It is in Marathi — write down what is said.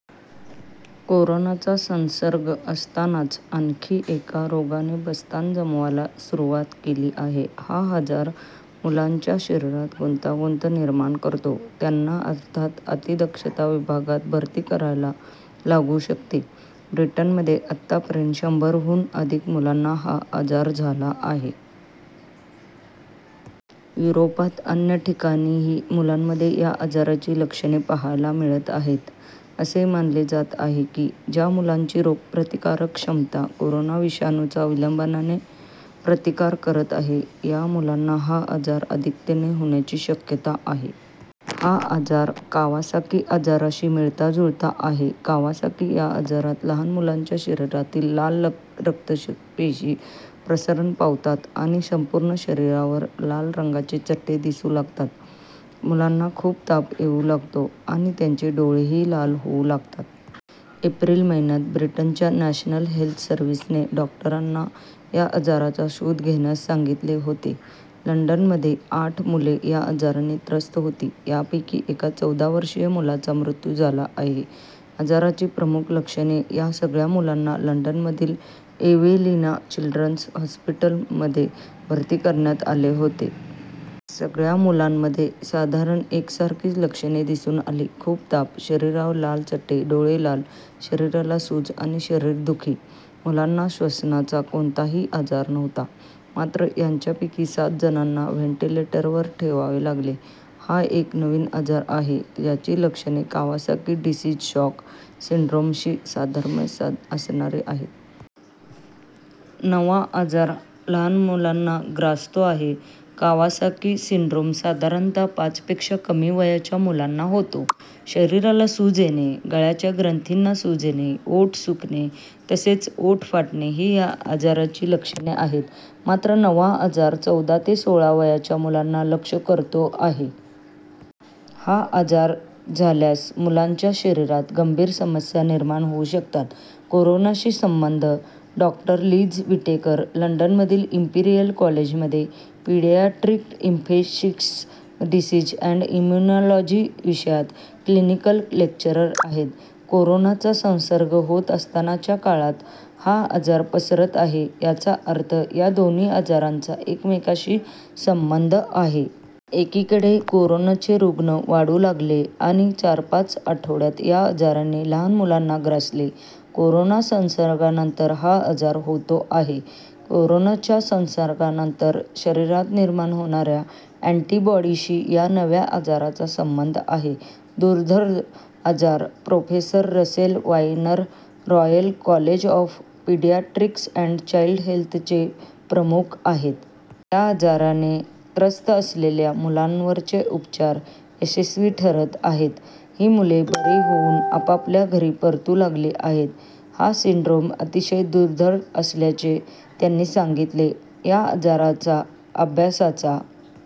कोरोनाचा संसर्ग असतानाच आणखी एका रोगाने बस्तान जमवायला सुरुवात केली आहे. हा आजार मुलांच्या शरीरात गुंतागुंत निर्माण करतो. त्यांना अर्थात अतिदक्षता विभागात भरती करायला लागू शकते. ब्रिटनमध्ये आतापर्यंत शंभरहून अधिक मुलांना हा आजार झाला आहे. युरोपात अन्य ठिकाणीही मुलांमध्ये या आजाराची लक्षणे पाहायला मिळत आहेत. असे मानले जात आहे की, ज्या मुलांची रोगप्रतिकारक क्षमता कोरोना विषाणूचा विलंबाने प्रतिकार करत आहे या मुलांना हा आजार अधिकतेने होण्याची शक्यता आहे. हा आजार कावासाकी आजाराशी मिळताजुळता आहे. कावासाकी या आजारात लहान मुलांच्या शरीरातील लाल रक्तपेशी प्रसरण पावतात आणि संपूर्ण शरीरावर लाल रंगाचे चट्टे दिसू लागतात. मुलांना खूप ताप येऊ लागतो आणि त्यांचे डोळेही लाल होऊ लागतात. एप्रिल महिन्यात ब्रिटनच्या नॅशनल हेल्थ सर्व्हिसने डॉक्टरांना या आजाराचा शोध घेण्यास सांगितले होते. लंडनमध्ये आठ मुले या आजाराने त्रस्त होती. यापैकी एका चौदावर्षीय मुलाचा मृत्यू झाला आहे. आजाराची प्रमुख लक्षणे - या सगळ्या मुलांना लंडनमधील एवेलिना चिल्ड्रन्स हॉस्पिटलमध्ये भरती करण्यात आले होते. सगळ्या मुलांमध्ये साधारण एकसारखीच लक्षणे दिसून आली- खूप ताप, शरीरावर लाल चट्टे, डोळे लाल, शरीराला सूज आणि शरीरदुखी. मुलांना श्वसनाचा कोणताही आजार नव्हता. मात्र यांच्यापैकी सातजणांना व्हेंटिलेटरवर ठेवावे लागले. हा एक नवीन आजार आहे, ज्याची लक्षणे कावासाकी डिसीज शॉक सिंड्रोमशी साधर्म्य असणारी आहेत. नवा आजार लहान मुलांना ग्रासतो आहे. कावासाकी सिंड्रोम साधारणतः पाचपेक्षा कमी वयाच्या मुलांना होतो. शरीराला सूज येणे, गळ्याच्या ग्रंथींना सूज येणे, ओठ सुकणे तसंच ओठ फाटणे ही या आजाराची लक्षणे आहेत. मात्र नवा आजार चौदा ते सोळा वयाच्या मुलांना लक्ष्य करतो आहे. हा आजार झाल्यास मुलांच्या शरीरात गंभीर समस्या निर्माण होऊ शकतात. कोरोनाशी संबंध - डॉक्टर लिज विटेकर लंडनमधील इंपीरियल कॉलेजमध्ये paediatric infectious disease and immunology विषयात क्लिनिकल लेक्चरर आहेत. कोरोनाचा संसर्ग होत असतानाच्या काळात हा आजार पसरत आहे याचा अर्थ या दोन्ही आजारांचा एकमेकांशी संबंध आहे. एकीकडे कोरोनाचे रुग्ण वाढू लागले आणि चार-पाच आठवड्यात या आजाराने लहान मुलांना ग्रासले. कोरोना संसर्गानंतर हा आजार होतो आहे. कोरोनाच्या संसर्गानंतर शरीरात निर्माण होणाऱ्या अँटिबॉडीशी या नव्या आजाराचा संबंध आहे. दुर्धर आजार - professor Russell Viner Royal College of Paediatrics and Child हेल्थचे प्रमुख आहेत. या आजाराने त्रस्त असलेल्या मुलांवरचे उपचार यशस्वी ठरत आहेत. ही मुले बरी होऊन आपापल्या घरी परतू लागली आहेत. हा सिंड्रोम अतिशय दुर्धर असल्याचे त्यांनी सांगितले. या आजाराचा अभ्यासाचा